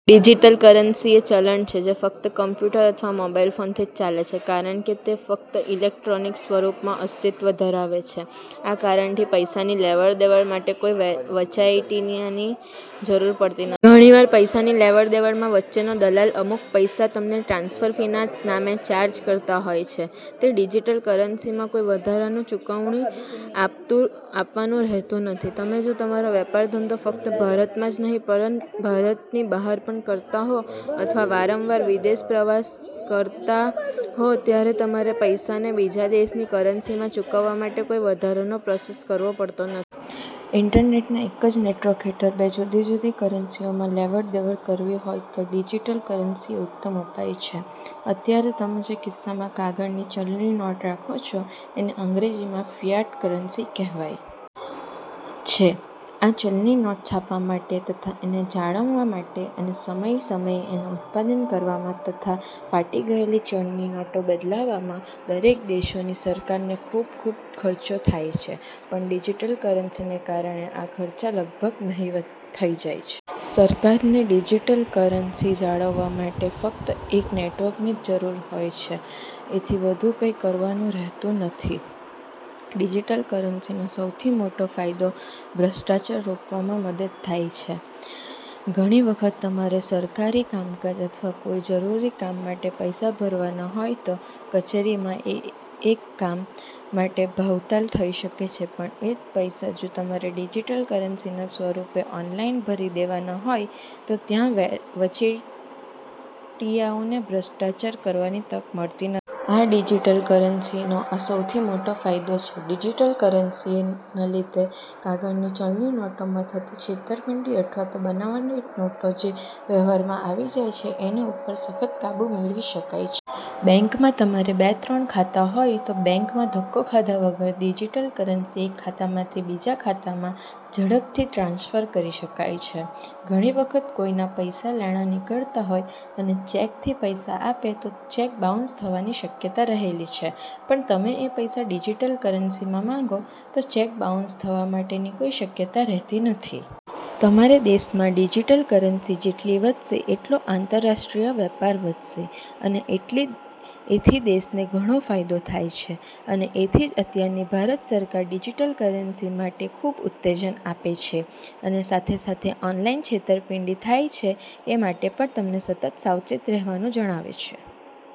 Digital currency એ ચલણ છે જે ફક્ત કમ્પ્યુટર અથવા મોબાઇલ ફોનથી જ ચાલે છે કારણ કે તે ફક્ત ઇલેક્ટ્રોનિક સ્વરૂપમાં અસ્તિત્વ ધરાવે છે. આ કારણથી પૈસાની લેવડદેવડ માટે કોઈ વચેટિયાની જરૂર પડતી નથી. ઘણીવાર પૈસાની લેવડદેવડમાં વચ્ચેનો દલાલ અમુક પૈસા તમને ટ્રાન્સફર ફી ના નામે ચાર્જ કરતા હોય છે તે ડિજિટલ કરન્સીમાં કોઈ વધારાનું ચુકવણું આપવાનું રહેતું નથી. તમે જો તમારો વેપાર ધંધો ફક્ત ભારતમાં જ નહીં પણ ભારતની બહાર પણ કરતા હો અથવા વારંવાર વિદેશ પ્રવાસ કરતા હો ત્યારે તમારા પૈસાને બીજા દેશની કરન્સીમાં ચૂકવવા માટે કોઈ વધારાનો પ્રોસેસ કરવો પડતો નથી. ઇન્ટરનેટના એક જ નેટવર્ક હેઠળ બે જુદી જુદી કરન્સીઓમાં લેવડદેવડ કરવી હોય તો ડિજિટલ કરન્સી એ ઉત્તમ ઉપાય છે. અત્યારે તમે જે કિસ્સામાં કાગળની ચલણી નોટ રાખો છો એને અંગ્રેજીમાં ફિયાટ કરન્સી કહેવાય છે, આ ચલણી નોટ છાપવા માટે તથા એને જાળવવા માટે અને સમય સમયે એનું ઉત્પાદન કરવામાં તથા ફાટી ગયેલી ચલણી નોટો બદલવામાં દરેક દેશોની સરકારને ખૂબ ખૂબ ખર્ચો થાય છે પણ ડિજિટલ કરન્સીને કારણે આ ખર્ચ લગભગ નહિવત થઈ જાય છે. સરકારને ડિજિટલ કરન્સી જાળવવા માટે ફ્કત એક નેટવર્કની જ જરૂર હોય છે એથી વધુ કંઈ કરવાનુ રહેતું નથી. ડિજિટલ કરન્સીનો સૌથી મોટો ફાયદો ભ્રષ્ટાચાર રોકવામાં મદદ થાય તે છે. ઘણી વખત તમારે સરકારી કામકાજ અથવા કોઈ જરૂરી કામ માટે પૈસા ભરવાના હોય તો કચેરીમાં એ કામ માટે ભાવતાલ થઈ શકે છે પણ એ જ પૈસા જો તમારે ડિજિટલ કરન્સીના સ્વરૂપે ઓનલાઈન ભરી દેવાના હોય તો ત્યાં વચેટિયાઓને ભ્રષ્ટાચાર કરવાની તક મળતી નથી. આ ડિજિટલ કરન્સીનો આ સૌથી મોટો ફાયદો છે. ડિજિટલ કરન્સી ને લીધે કાગળની ચલણી નોટોમાં થતી છેતરપિંડી અથવા તો બનાવટી નોટો જે વ્યવહારમાં આવી જાય છે એની ઉપર સખત કાબુ મેળવી શકાય છે. બેંકમાં તમારે બે ત્રણ ખાતા હોય તો બેંકમાં ધક્કો ખાધા વગર ડિજિટલ કરન્સી એક ખાતામાંથી બીજા ખાતામાં ઝડપથી ટ્રાન્સફર કરી શકાય છે. ઘણી વખત કોઈ ના પૈસા લેણા નીકળતા હોય અને ચેકથી પૈસા આપે તો ચેક બાઉન્સ થવાની શક્યતા રહેલી છે પણ તમે એ પૈસા ડિજિટલ કરન્સીમાં માગો તો ચેક્ બાઉન્સ થવા માટેની કોઈ શક્યતા રહેતી નથી. તમારા દેશમાં ડિજિટલ કરન્સી જેટલી વધશે એટલો આંતરરાષ્ટ્રીય વેપાર વધશે અને એથી દેશને ઘણો ફાયદો થાય છે, અને એથી જ અત્યારની ભારત સરકાર ડિજિટલ કરન્સી માટે ખૂબ ઉત્તેજન આપે છે અને સાથે સાથે ઓનલાઇન જે છેતરપિંડીઓ થાય છે એ માટે પણ તમને સતત સાવચેત રહેવાનું જણાવે છે.